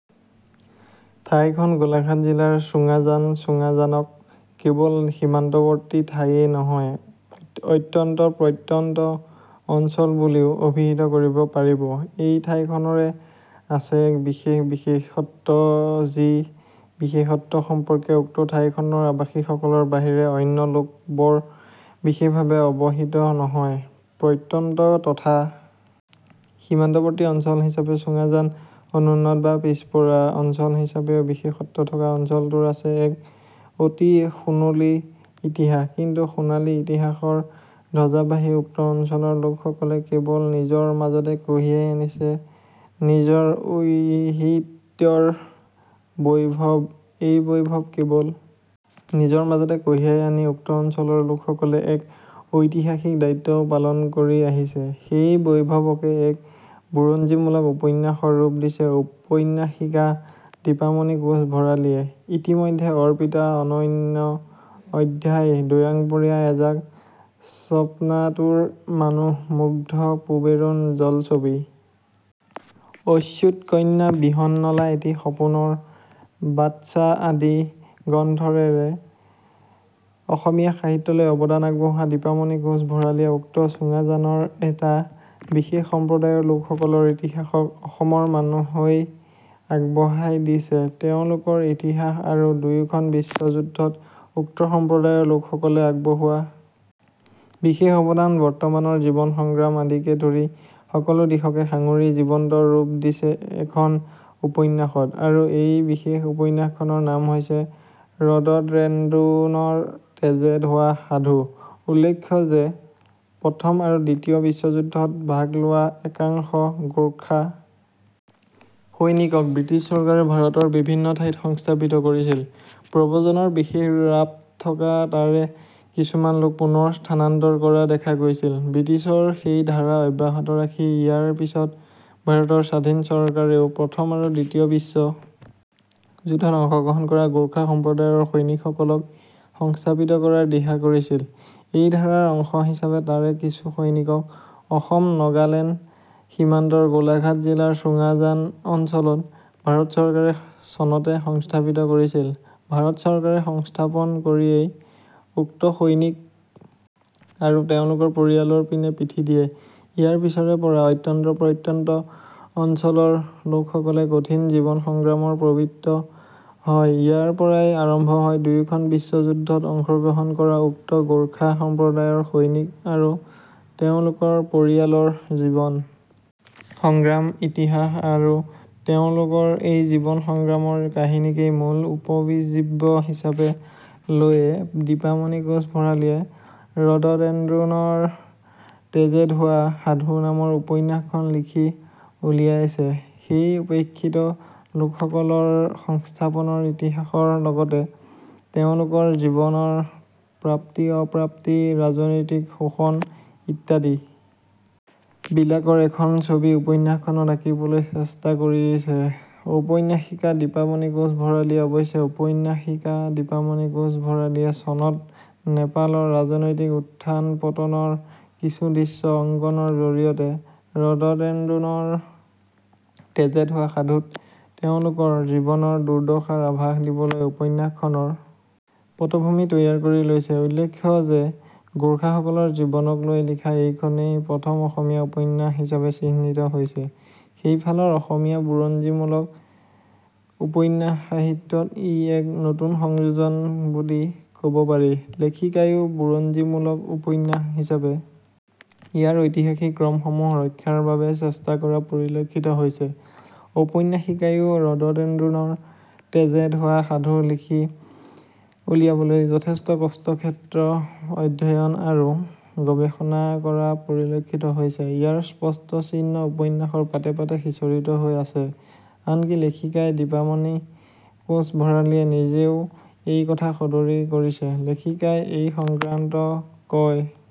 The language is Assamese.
ঠাইখন গোলাঘাট জিলাৰ চুঙাজানচুঙাজানক কেৱল সীমান্তৱৰ্তী ঠাইয়ে নহয় অত্যন্ত প্ৰত্যন্ত অঞ্চল বুলিও অভিহিত কৰিব পাৰিবএই ঠাইখনৰে আছে এক বিশেষ বিশেষত্বযি বিশেষত্ব সম্পৰ্কে উক্ত ঠাইখনৰ আৱাসীসকলৰ বাহিৰে অন্য লোক বৰ বিশেষভাৱে অৱহিত নহয়প্ৰত্যন্ত তথা সীমান্তৱৰ্তী অঞ্চল হিচাপে চুঙাজান অনুন্নত বা পিছপৰা অঞ্চল হিচাপেও বিশেষত্ব থকা অঞ্চলটোৰ আছে এক অতি সোণোলী ইতিহাসকিন্তু সোণালী ইতিহাসৰ ধ্বজাবাহী উক্ত অঞ্চলৰ লোকসকলে কেৱল নিজৰ মাজতে কঢ়িয়াই আনিছে নিজৰ ঐহিত্যৰ বৈভৱএই বৈভৱ কেৱল নিজৰ মাজতে কঢ়িয়াই আনি উক্ত অঞ্চলৰ লোকসকলে এক ঐতিহাসিক দায়িত্বও পালন কৰি আহিছেসেই বৈভৱকে এক বুৰঞ্জীমূলক উপন্যাসৰ ৰূপ দিছে ঔপন্যাসিকা দীপামণি কোচ ভৰালীয়েইতিমধ্য অৰ্পিতা অনন্য অধ্যায় দৈয়াংপৰীয়া এজাক স্বপ্নাতুৰ মানুহ মুগ্ধ পূবেৰুণ জলছবি অচ্যুতকন্যা বৃহন্নলাএটি সপোনৰ বাটচা আদি গ্ৰন্থৰেৰে অসমীয়া সাহিত্যলৈ অৱদান আগবঢ়োৱা দীপামণি কোচ ভৰালীয়ে উক্ত চুঙাজানৰ এটা বিশেষ সম্প্ৰদায় লোকসকলৰ ইতিহাসক অসমৰ মানুহৈ আগবঢ়াই দিছেতেওঁলোকৰ ইতিহাস আৰু দুয়োখন বিশ্ব যুদ্ধত উক্ত সম্প্ৰদায়ৰ লোকসকলে আগবঢ়োৱা বিশেষ অৱদান বৰ্তমানৰ জীৱন সংগ্ৰাম আদিকে ধৰি সকলো দিশকে সাঙুৰি জীৱন্ত ৰূপ দিছে এখন উপন্যাসতআৰু এই বিশেষ উপন্যাসখনৰ নাম হৈছে ৰডড্ৰেণ্ডনৰ তেজে ধোৱা সাধুউল্লেখ্য যে প্ৰথম আৰু দ্বিতীয় বিশ্বযুদ্ধত ভাগ লোৱা একাংশ গোৰ্খা সৈনিকক বৃটিছ চৰকাৰে ভাৰতৰ বিভিন্ন ঠাইত সংস্থাপিত কৰিছিল৷ প্ৰব্ৰজনৰ বিশেষ ৰাপ থকা তাৰে কিছুমান লোক পুনৰ স্থানান্তৰ কৰা দেখা গৈছিলবৃটিছৰ সেই ধাৰা অব্যাহত ৰাখি ইয়াৰ পিছত ভাৰতৰ স্বাধীন চৰকাৰেও প্ৰথম আৰু দ্বিতীয় বিশ্ব যুদ্ধত অংশগ্ৰহণ কৰা গোৰ্খা সম্প্ৰদায়ৰ সৈনিকসকলক সংস্থাপিত কৰাৰ দিহা কৰিছিলএই ধাৰাৰ অংশ হিচাপে তাৰে কিছু সৈনিকক অসমনগালেণ্ড সীমান্তৰ গোলাঘাট জিলাৰ চুঙাজান অঞ্চলত ভাৰত চৰকাৰে চনতে সংস্থাপিত কৰিছিল৷ ভাৰত চৰকাৰে সংস্থাপন কৰিয়েই উক্ত সৈনিক আৰু তেওঁলোকৰ পৰিয়ালৰ পিনে পিঠি দিয়েইয়াৰ পিছৰে পৰা অত্যন্ত প্ৰত্যন্ত অঞ্চলৰ লোকসকলে কঠিন জীৱন সংগ্ৰামৰ প্ৰবৃত্ত হয়ইয়াৰ পৰাই আৰম্ভ হয় দুয়োখন বিশ্ব যুদ্ধত অংশগ্ৰহণ কৰা উক্ত গোৰ্খা সম্প্ৰদায়ৰ সৈনিক আৰু তেওঁলোকৰ পৰিয়ালৰ জীৱন সংগ্ৰামইতিহাস আৰু তেওঁলোকৰ এই জীৱন সংগ্ৰামৰ কাহিনীকেই মূল উপজীৱ্য হিচাপে লৈয়ে দীপামণি কোচ ভৰালীয়ে ৰডড্ৰেণ্ডনৰ তেজে ধোৱা সাধু নামৰ উপন্যাসখন লিখি উলিয়াইছেসেই উপেক্ষিত লোকসকলৰ সংস্থাপনৰ ইতিহাসৰ লগতে তেওঁলোকৰ জীৱনৰ প্ৰাপ্তিঅপ্ৰাপ্তি ৰাজনৈতিক শোষণ ইত্যাদি বিলাকৰ এখন ছবি উপন্যাসখনত আঁকিবলৈ চেষ্টা কৰিছে ঔপন্যাসিকা দীপামণি কোচ ভৰালীয়েঅৱশ্যে ঔপন্যাসিকা দীপামণি কোচ ভৰালীয়ে চনত নেপালৰ ৰাজনৈতিক উত্থানপতনৰ কিছু দৃশ্য অংকণৰ জৰিয়তে ৰডড্ৰেণ্ডনৰ তেজে ধোৱা সাধুত তেওঁলোকৰ জীৱনৰ দুৰ্দশাৰ আভাস দিবলৈ উপন্যাসখনৰ পটভূমি তৈয়াৰ কৰি লৈছে৷ উল্লেখ্য যে গোৰ্খাসকলৰ জীৱনক লৈ লিখা এইখনেই প্ৰথম অসমীয়া উপন্যাস হিচাপে চিহ্নিত হৈছে৷ সেইফালৰ অসমীয়া বুৰঞ্জীমূলক উপন্যাস সাহিত্যত ই এক নতুন সংযোজন বুলি কব পাৰি৷ লেখিকাইও বুৰঞ্জীমূলক উপন্যাস হিচাপে ইয়াৰ ঐতিহাসিক ক্ৰমসমূহ ৰক্ষাৰ বাবে চেষ্টা কৰা পৰিলক্ষিত হৈছেঔপন্যাসিকাইও ৰডড্ৰেণ্ডনৰ তেজে ধোৱা সাধু লিখি উলিয়াবলৈ যথেষ্ট কষ্ট ক্ষেত্ৰ অধ্যয়ন আৰু গৱেষণা কৰা পৰিলক্ষিত হৈছেইয়াৰ স্পষ্ট চিহ্ন উপন্যাসৰ পাতে পাতে সিঁচৰিত হৈ আছেআনকি লেখিকাই দীপামণি কোচ ভৰালীয়ে নিজেও এই কথা সদৰী কৰিছেলেখিকাই এই সংক্ৰান্ত কয়.